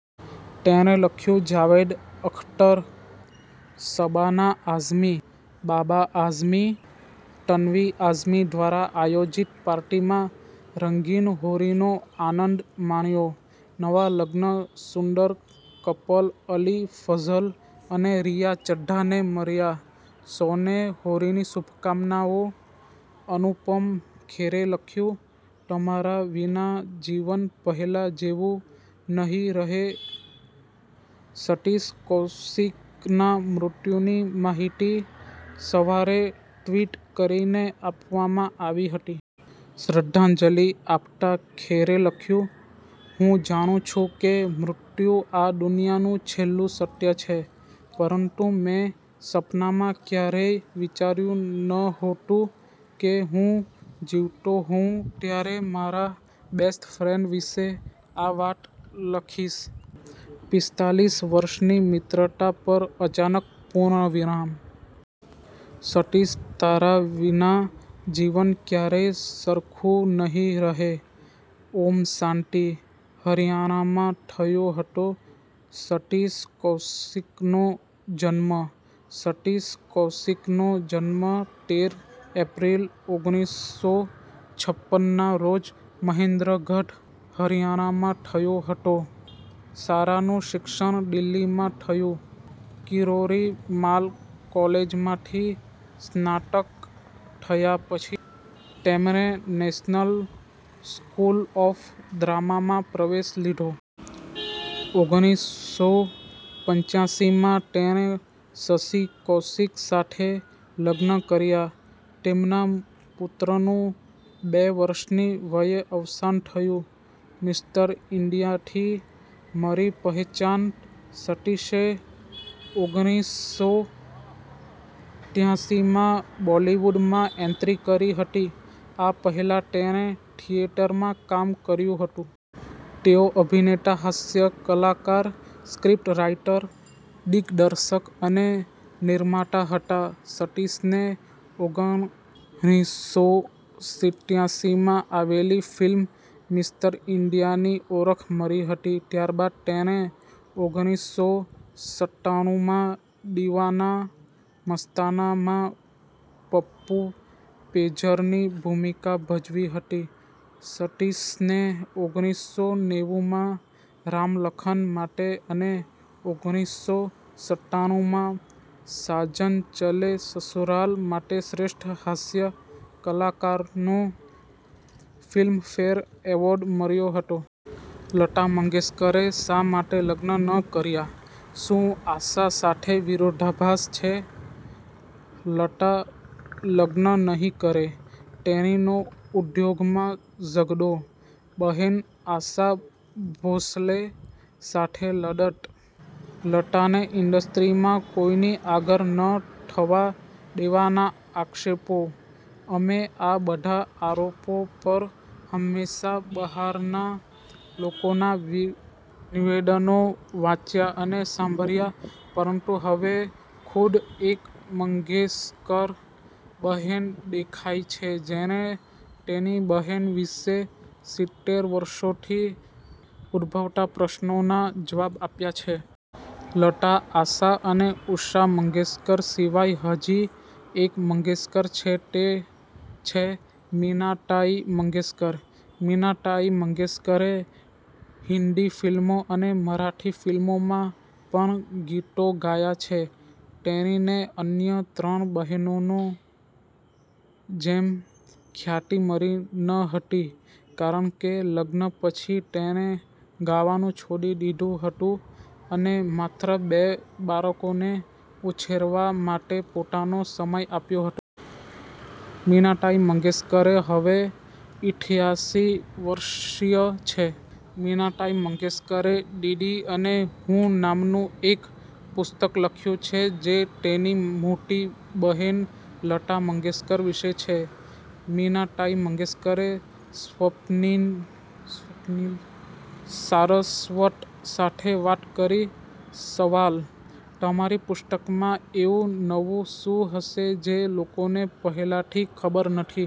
તેણે લખ્યું- 'જાવેદ અખ્તર, શબાના આઝમી, બાબા આઝમી, તન્વી આઝમી દ્વારા આયોજિત પાર્ટીમાં રંગીન હોળીનો આનંદ માણ્યો. નવા લગ્ન સુંદર કપલ અલી ફઝલ અને રિચા ચઢ્ઢાને મળ્યા. સૌને હોળીની શુભકામનાઓ. અનુપમ ખેરે લખ્યું: તમારા વિના જીવન પહેલા જેવું નહીં રહે સતીશ કૌશિકના મૃત્યુની માહિતી સવારે ટ્વીટ કરીને આપવામાં આવી હતી. શ્રદ્ધાંજલિ આપતાં ખેરે લખ્યું- 'હું જાણું છું કે મૃત્યુ આ દુનિયાનું છેલ્લું સત્ય છે, પરંતુ મેં સપનામાં ક્યારેય વિચાર્યું નહોતું કે હું જીવતો હોઉં ત્યારે મારા બેસ્ટ ફ્રેન્ડ વિશે આ વાત લખીશ. પિસ્તાલીસ વર્ષની મિત્રતા પર અચાનક પૂર્ણવિરામ. સતીશ તારા વિના જીવન ક્યારેય સરખું નહીં રહે! ઓમ શાંતિ! હરિયાણામાં થયો હતો સતીશ કૌશિકનો જન્મ સતીશ કૌશિકનો જન્મ તેર એપ્રિલ ઓગણીસસો છપ્પનના રોજ મહેન્દ્રગઢ, હરિયાણામાં થયો હતો. શાળાનું શિક્ષણ દિલ્હીમાં થયું. કિરોરી માલ કૉલેજમાંથી સ્નાતક થયા પછી, તેમણે નેશનલ સ્કૂલ ઑફ ડ્રામામાં પ્રવેશ લીધો. ઓગણીસસો પંચાસીમાં તેણે શશિ કૌશિક સાથે લગ્ન કર્યા. તેમના પુત્રનું બે વર્ષની વયે અવસાન થયું. મિસ્ટર ઈન્ડિયાથી મળી પહેચાન સતીશે ઓગણીસસો ત્યાસીમાં બોલિવૂડમાં એન્ટ્રી કરી હતી. આ પહેલા તેણે થિયેટરમાં કામ કર્યું હતું. તેઓ અભિનેતા, હાસ્ય કલાકાર, સ્ક્રિપ્ટ રાઈટર, દિગ્દર્શક અને નિર્માતા હતા. સતીશને ઓગણીસસો સિત્યાસીમાં આવેલી ફિલ્મ મિસ્ટર ઈન્ડિયાથી ઓળખ મળી હતી. ત્યારબાદ તેણે ઓગણીસસો સત્તાણુમાં દિવાના-મસ્તાનામાં પપ્પુ પેજરની ભૂમિકા ભજવી હતી. સતીશને ઓગણીસસો નેવુંમાં રામ લખન માટે અને ઓગણીસસો સત્તાણુમાં સાજન ચલે સસુરાલ માટે શ્રેષ્ઠ હાસ્ય કલાકારનો ફિલ્મફેર એવોર્ડ મળ્યો હતો. લતા મંગેશકરે શા માટે લગ્ન ન કર્યા? શું આશા સાથે વિરોધાભાસ છે? લતા લગ્ન નહીં કરે, તેણીનો ઉદ્યોગમાં ઝગડો, બહેન આશા ભોંસલે સાથે લડત, લતાને ઈન્ડસ્ટ્રીમાં કોઈની આગળ ન થવા દેવાના આક્ષેપો અમે આ બધા આરોપો પર હંમેશા બહારના લોકોના નિવેદનો વાંચ્યા અને સાંભળ્યા, પરંતુ હવે ખુદ એક મંગેશકર બહેન દેખાઇ છે, જેણે તેની બહેન વિશે સિત્તેર વર્ષોથી ઉદભવતા પ્રશ્નોના જવાબ આપ્યા છે. લતા, આશા અને ઉષા મંગેશકર સિવાય હજી એક મંગેશકર છે તે છે મીનાતાઇ મંગેશકર. મીનાતાઇ મંગેશકરે હિન્દી ફિલ્મો અને મરાઠી ફિલ્મોમાં પણ ગીતો ગાયા છે. તેણીને અન્ય ત્રણ બહેનોની જેમ ખ્યાતિ મળી ન હતી કારણ કે, લગ્ન પછી તેણે ગાવાનું છોડી દીધું હતું અને માત્ર બે બાળકોને ઉછેરવા માટે પોતાનો સમય આપ્યો હતો. મીનાતાઈ મંગેશકરે, હવે ઈઠયાસી વર્ષીય છે, મીનાતાઈ મંગેશકરે દીદી અને હું નામનું એક પુસ્તક લખ્યું છે, જે તેની મોટી બહેન લતા મંગેશકર વિશે છે. મીનાતાઇ મંગેશકરે સ્વપ્નીલ સારસ્વત સાથે વાત કરી. સવાલ: તમારી પુસ્તકમાં એવું નવું શું હશે જે લોકોને પહેલાથી ખબર નથી?